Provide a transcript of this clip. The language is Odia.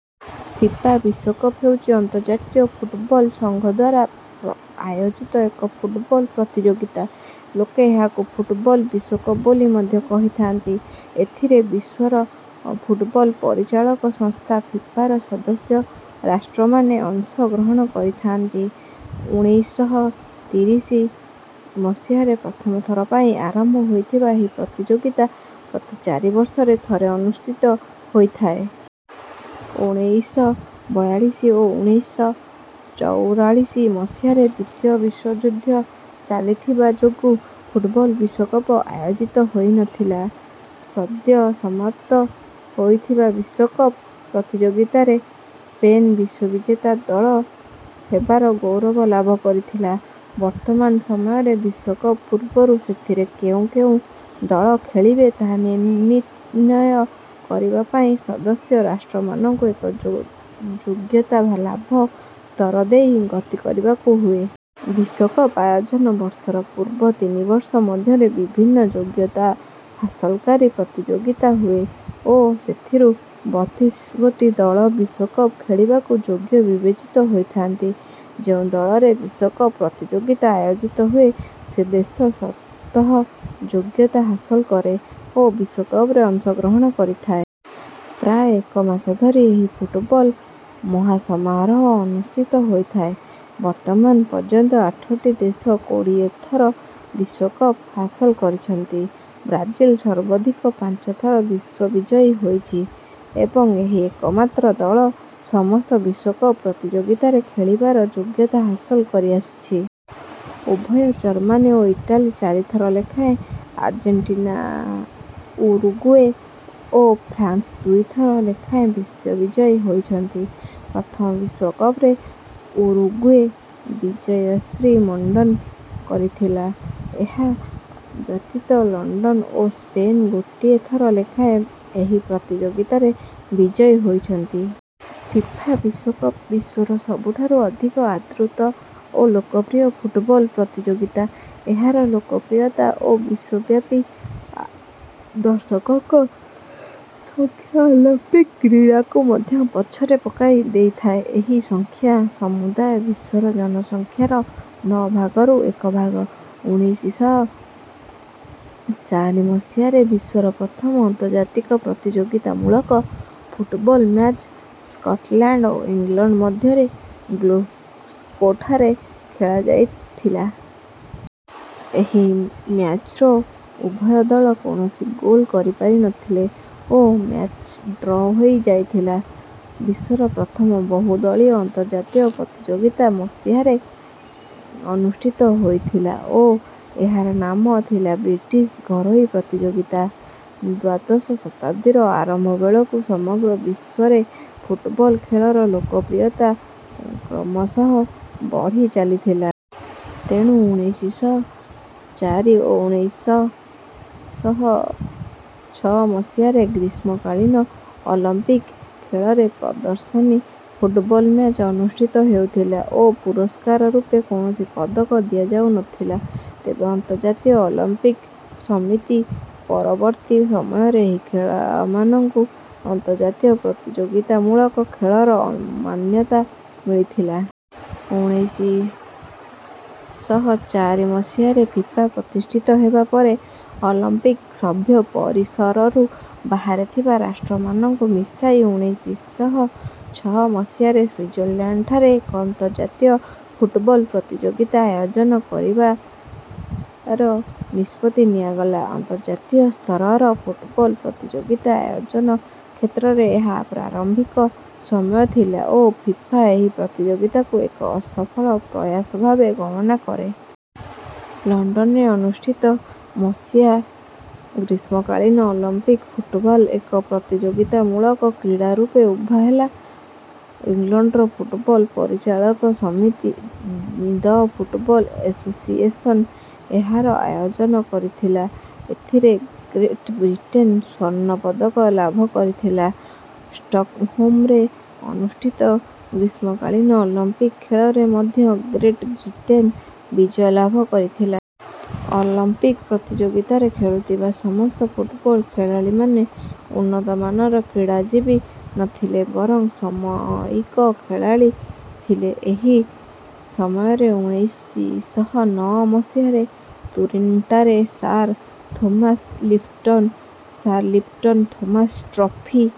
ଫିଫା ବିଶ୍ୱକପ ହେଉଛି ଅନ୍ତର୍ଜାତୀୟ ଫୁଟବଲ୍ ସଂଘଦ୍ୱାରା ଆୟୋଜିତ ଏକ ଫୁଟବଲ୍ ପ୍ରତିଯୋଗିତା। ଲୋକେ ଏହାକୁ ଫୁଟବଲ୍ ବିଶ୍ୱକପ ବୋଲି ମଧ୍ୟ କହିଥାନ୍ତି। ଏଥିରେ ବିଶ୍ୱର ଫୁଟବଲ୍ ପରିଚାଳକ ସଂସ୍ଥା ଫିଫା ର ସଦସ୍ୟ ରାଷ୍ଟ୍ରମାନେ ଅଂଶ ଗ୍ରହଣ କରିଥାନ୍ତି। ଉଣେଇଶ ଶହ ତିରିଶ ମସିହାରେ ପ୍ରଥମ ଥର ପାଇଁ ଆରମ୍ଭ ହୋଇଥିବା ଏହି ପ୍ରତିଯୋଗିତା ପ୍ରତି ଚାରି ବର୍ଷରେ ଥରେ ଅନୁଷ୍ଠିତ ହୋଇଥାଏ। ଉଣେଇଶ ବୟାଳିଶ ଓ ଉଣେଇଶ ଚଉରାଳିଶ ମସିହାରେ ଦ୍ୱିତୀୟ ବିଶ୍ୱଯୁଦ୍ଧ ଚାଲିଥିବା ଯୋଗୁଁ ଫୁଟବଲ୍ ବିଶ୍ୱକପ ଆୟୋଜିତ ହୋଇନଥିଲା। ସଦ୍ୟ ସମାପ୍ତ ହୋଇଥିବା ବିଶ୍ୱକପ ପ୍ରତିଯୋଗିତାରେ ସ୍ପେନ ବିଶ୍ୱବିଜେତା ଦଳ ହେବାର ଗୌରବ ଲାଭ କରିଥିଲା। ବର୍ତ୍ତମାନ ସମୟରେ ବିଶ୍ୱକପ ପୂର୍ବରୁ ସେଥିରେ କେଉଁ କେଉଁ ଦଳ ଖେଳିବେ ତାହା ନିର୍ଣ୍ଣୟ କରିବା ପାଇଁ ସଦସ୍ୟ ରାଷ୍ଟ୍ରମାନଙ୍କୁ ଏକ ଯୋଗ୍ୟତା ଲାଭ ସ୍ତର ଦେଇ ଗତି କରିବାକୁ ହୁଏ। ବିଶ୍ୱକପ ଆୟୋଜନ ବର୍ଷର ପୂର୍ବ ତିନି ବର୍ଷ ମଧ୍ୟରେ ବିଭିନ୍ନ ଯୋଗ୍ୟତା ହାସଲକାରୀ ପ୍ରତିଯୋଗିତା ହୁଏ ଓ ସେଥିରୁ ବତିଶ ଗୋଟି ଦଳ ବିଶ୍ୱକପ ଖେଳିବାକୁ ଯୋଗ୍ୟ ବିବେଚିତ ହୋଇଥାନ୍ତି। ଯେଉଁ ଦେଶରେ ବିଶ୍ୱକପ ପ୍ରତିଯୋଗିତା ଆୟୋଜିତ ହୁଏ ସେ ଦେଶ ସ୍ୱତଃ ଯୋଗ୍ୟତା ହାସଲ କରେ ଓ ବିଶ୍ୱକପରେ ଅଂଶ ଗ୍ରହଣ କରିଥାଏ। ପ୍ରାୟ ଏକ ମାସ ଧରି ଏହି ଫୁଟବଲ ମହାସମାରୋହ ଅନୁଷ୍ଠିତ ହୋଇଥାଏ। ବର୍ତ୍ତମାନ ପର୍ଯ୍ୟନ୍ତ ଆଠଟି ଦେଶ କୋଡ଼ିଏ ଥର ବିଶ୍ୱକପ ହାସଲ କରିଛନ୍ତି। ବ୍ରାଜିଲ ସର୍ବାଧିକ ପାଞ୍ଚ ଥର ବିଶ୍ୱବିଜୟୀ ହୋଇଛି ଏବଂ ଏହି ଏକମାତ୍ର ଦଳ ସମସ୍ତ ବିଶ୍ୱକପ ପ୍ରତିଯୋଗିତାରେ ଖେଳିବାର ଯୋଗ୍ୟତା ହାସଲ କରିଆସିଛି। ଉଭୟ ଜର୍ମାନୀ ଓ ଇଟାଲୀ ଚାରି ଥର ଲେଖାଏଁ ଆର୍ଜେଣ୍ଟିନାଉରୁଗୁଏ ଓ ଫ୍ରାନ୍ସ ଦୁଇ ଥର ଲେଖାଏଁ ବିଶ୍ୱବିଜୟୀ ହୋଇଛନ୍ତି। ପ୍ରଥମ ବିଶ୍ୱକପରେ ଉରୁଗୁଏ ବିଜୟଶ୍ରୀ ମଣ୍ଡନ କରିଥିଲା। ଏହା ବ୍ୟତୀତ ଲଂଲଣ୍ଡ ଓ ସ୍ପେନ୍ ଗୋଟିଏ ଥର ଲେଖାଏଁ ଏହି ପ୍ରତିଯୋଗିତାରେ ବିଜୟୀ ହୋଇଛନ୍ତି। ଫିଫା ବିଶ୍ୱକପ ବିଶ୍ୱର ସବୁଠାରୁ ଅଧିକ ଆଦୃତ ଓ ଲୋକପ୍ରିୟ ଫୁଟବଲ୍ ପ୍ରତିଯୋଗିତା। ଏହାର ଲୋକପ୍ରିୟତା ଓ ବିଶ୍ୱବ୍ୟାପୀ ଦର୍ଶକଙ୍କ ସଂଖ୍ୟା ଅଲମ୍ପିକ୍ କ୍ରୀଡ଼ାକୁ ମଧ୍ୟ ପଛରେ ପକାଇ ଦେଇଥାଏ। ଏହି ସଂଖ୍ୟା ସମୁଦାୟ ବିଶ୍ୱର ଜନସଂଖ୍ୟାର ନଅ ଭାଗରୁ ଏକ ଭାଗ। ଉଣେଇଶ ଶହ ଚାରି ମସିହାରେ ବିଶ୍ୱର ପ୍ରଥମ ଅନ୍ତର୍ଜାତୀୟ ପ୍ରତିଯୋଗିତାମୂଳକ ଫୁଟବଲ୍ ମ୍ୟାଚ୍ ସ୍କଟଲ୍ୟାଣ୍ଡ ଓ ଇଂଲଣ୍ଡ ମଧ୍ୟରେ ଗ୍ଲାସ୍ଗୋଠାରେ ଖେଳାଯାଇଥିଲା। ଏହି ମ୍ୟାଚ୍ରେ ଉଭୟ ଦଳ କୌଣସି ଗୋଲ୍ କରିପାରି ନଥିଲେ ଓ ମ୍ୟାଚ୍ଟି ଡ୍ର ହୋଇଯାଇଥିଲା। ବିଶ୍ୱର ପ୍ରଥମ ବହୁଦଳୀୟ ଅନ୍ତର୍ଜାତୀୟ ପ୍ରତିଯୋଗିତା ମସିହାରେ ଅନୁଷ୍ଠିତ ହୋଇଥିଲା ଓ ଏହାର ନାମ ଥିଲା ବ୍ରିଟିଶ୍ ଘରୋଇ ପ୍ରତିଯୋଗିତା। ଦ୍ୱାଦଶ ଶତାବ୍ଦୀର ଆରମ୍ଭ ବେଳକୁ ସମଗ୍ର ବିଶ୍ୱରେ ଫୁଟବଲ୍ ଖେଳର ଲୋକପ୍ରିୟତା କ୍ରମଶଃ ବଢ଼ି ଚାଲିଥିଲା। ତେଣୁ ଉଣେଇଶ ଶହ ଚାରି ଓ ଉଣେଇଶ ଶହ ଛଅ ମସିହାର ଗ୍ରୀଷ୍ମକାଳୀନ ଅଲମ୍ପିକ୍ ଖେଳରେ ପ୍ରଦର୍ଶନୀ ଫୁଟବଲ୍ ମ୍ୟାଚ୍ ଅନୁଷ୍ଠିତ ହେଉଥିଲା ଓ ପୁରସ୍କାର ରୂପେ କୌଣସି ପଦକ ଦିଆଯାଉନଥିଲା। ତେବେ ଅନ୍ତର୍ଜାତୀୟ ଅଲମ୍ପିକ୍ ସମିତି ପରବର୍ତ୍ତୀ ସମୟରେ ଏହି ଖେଳମାନଙ୍କୁ ଅନ୍ତର୍ଜାତୀୟ ପ୍ରତିଯୋଗିକତାମୂଳକ ଖେଳର ମାନ୍ୟତା ମିଳିଥିଲା। ଉଣେଇଶ ଶହ ଚାରି ମସିହାରେ ଫିଫା ପ୍ରତିଷ୍ଠିତ ହେବା ପରେ ଅଲମ୍ପିକ୍ ସଭ୍ୟ ପରିସରରୁ ବାହାରେ ଥିବା ରାଷ୍ଟ୍ରମାନଙ୍କୁ ମିଶାଇ ଉଣେଇଶ ଶହ ଛଅ ମସିହାରେ ସ୍ୱିଜରଲ୍ୟାଣ୍ଡଠାରେ ଏକ ଅନ୍ତର୍ଜାତୀୟ ଫୁଟବଲ୍ ପ୍ରତିଯୋଗିତା ଆୟୋଜନ କରିବାର ନିଷ୍ପତ୍ତି ନିଆଗଲା। ଅନ୍ତର୍ଜାତୀୟ ସ୍ତରର ଫୁଟବଲ୍ ପ୍ରତିଯୋଗିତା ଆୟୋଜନ କ୍ଷେତ୍ରରେ ଏହା ପ୍ରାରମ୍ଭିକ ସମୟ ଥିଲା ଓ ଫିଫା ଏହି ପ୍ରତିଯୋଗିତାକୁ ଏକ ଅସଫଳ ପ୍ରୟାସ ଭାବେ ଗଣନା କରେ। ଲଣ୍ଡନରେ ଅନୁଷ୍ଠିତ ମସିହା ଗ୍ରୀଷ୍ମକାଳୀନ ଅଲମ୍ପିକ୍ ଫୁଟବଲ୍ ଏକ ପ୍ରତିଯୋଗିତାମୂଳକ କ୍ରୀଡ଼ା ରୂପେ ଉଭା ହେଲା। ଇଂଲଣ୍ଡର ଫୁଟବଲ୍ ପରିଚାଳକ ସମିତି ଦ ଫୁଟବଲ୍ ଏଶୋସିଏସନ୍ ଏହାର ଆୟୋଜନ କରିଥିଲା। ଏଥିରେ ଗ୍ରେଟ୍ ବ୍ରିଟେନ୍ ସ୍ୱର୍ଣ୍ଣ ପଦକ ଲାଭ କରିଥିଲା। ଷ୍ଟକହୋମରେ ଅନୁଷ୍ଠିତ ଗ୍ରୀଷ୍ମକାଳୀନ ଅଲମ୍ପିକ୍ ଖେଳରେ ମଧ୍ୟ ଗ୍ରେଟ୍ ବ୍ରିଟେନ୍ ବିଜୟ ଲାଭ କରିଥିଲା। ଅଲମ୍ପିକ୍ ପ୍ରତିଯୋଗିତାରେ ଖେଳୁଥିବା ସମସ୍ତ ଫୁଟବଲ୍ ଖେଳାଳୀମାନେ ଉନ୍ନତମାନର କ୍ରୀଡ଼ାଜୀବୀ ନଥିଲେ ବରଂ ସାମୟିକ ଖେଳାଳୀ ଥିଲେ। ଏହି ସମୟରେ ଉଣେଇଶ ଶହ ନଅ ମସିହାରେ ତୁରିନ୍ଠାରେ Sir Thomas Lipton Sir Lipton Thomas trophy